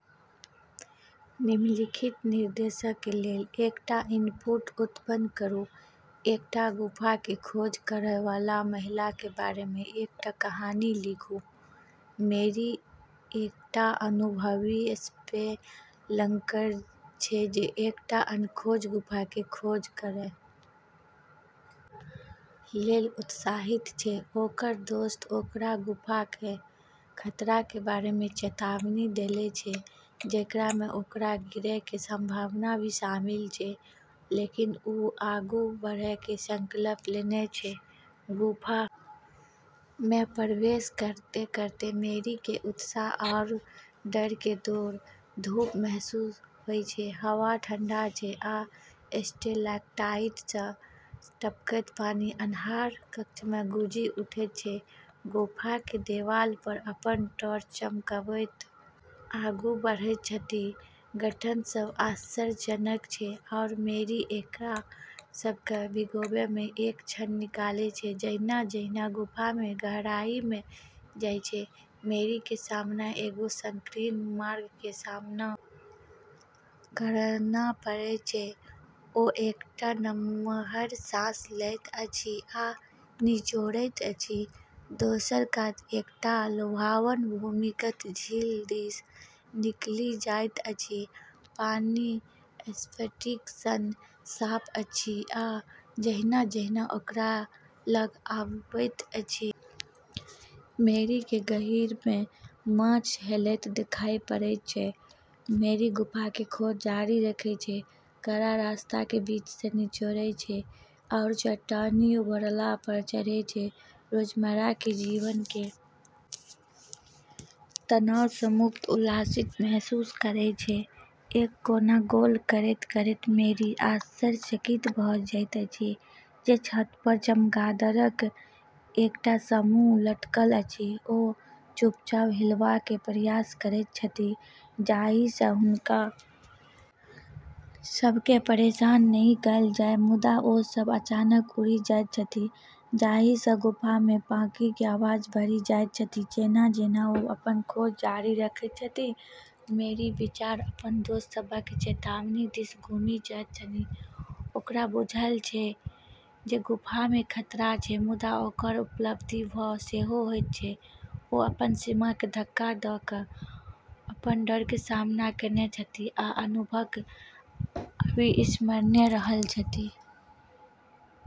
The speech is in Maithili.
निम्नलिखित निर्देशक कें लेल एकटा इनपुट उत्पन्न करूं, एकटा गुफा कें खोज करय वाला महिला कें बारे मे एकटा कहानी लिखूं मैरी एकटा अनुभवी स्पेलंकर छै जे एकटा अनखोज गुफा के खोज करय लेल उत्साहित छै ओकरऽ दोस्त ओकरा गुफा केरऽ खतरा के बारे मे चेतावनी देले छै जेकरा मे ओकरा गिरै के संभावना भी शामिल छै, लेकिन उ आगू बढ़ै के संकल्प लेनै छै, गुफा में प्रवेश करतें-करतें मैरी के उत्साह आरो डर के दौड़-धूप महसूस होय छै, हवा ठंडा छै आ स्टैलेक्टाइट सं टपकैत पानि अन्हार कक्ष में गूँजि उठैत छै, गुफाक देबाल पर अपन टॉर्च चमकबैत आगू बढ़ैत छथि, गठन सब आश्चर्यजनक छै आरू मैरी एकरा सब के भिगोबै में एक क्षण निकालै छै जहिना-जहिना गुफा में गहराई में जाय छै मैरी के सामना एगो संकीर्ण मार्ग के सामना करना पड़ै छै ओ एकटा नमहर साँस लैत अछि आ निचोड़ैत अछि, दोसर कात एकटा लुभावन भूमिगत झील दिस निकलि जाइत अछि, पानि स्फटिक सन साफ अछि आ जहिना-जहिना ओकरा लग अबैत अछि मैरी केँ गहींर मे माछ हेलैत देखाइ पड़ैत छैक, मैरी गुफा के खोज जारी रखै छै, कड़ा रास्ता के बीच से निचोड़ै छै आरू चट्टानी उभरला पर चढ़ै छै, रोजमर्रा के जीवन के तनाव स मुक्त, उल्लासित महसूस करै छै, एक कोना गोल करैत-करैत मैरी आश्चर्यचकित भ' जाइत अछि जे छत पर चमगादड़क एकटा समूह लटकल अछि, ओ चुपचाप हिलबाक प्रयास करैत छथि जाहि सँ हुनका सभ केँ परेशान नहि कयल जाय मुदा ओ सभ अचानक उड़ि जाइत छथि, जाहि सँ गुफा मे पाँखिक आवाज भरि जाइत छथि, जेना-जेना ओ अपन खोज जारी रखैत छथि, मैरीक विचार अपन दोस्त सभक चेतावनी दिस घुमि जाइत छनि ओकरा बुझल छैक जे गुफा मे खतरा छैक मुदा ओकरा उपलब्धिक भाव सेहो होइत छैक, ओ अपन सीमा के धक्का द क अपन डर के सामना केने छथि आ अनुभव अविस्मरणीय रहल अछि।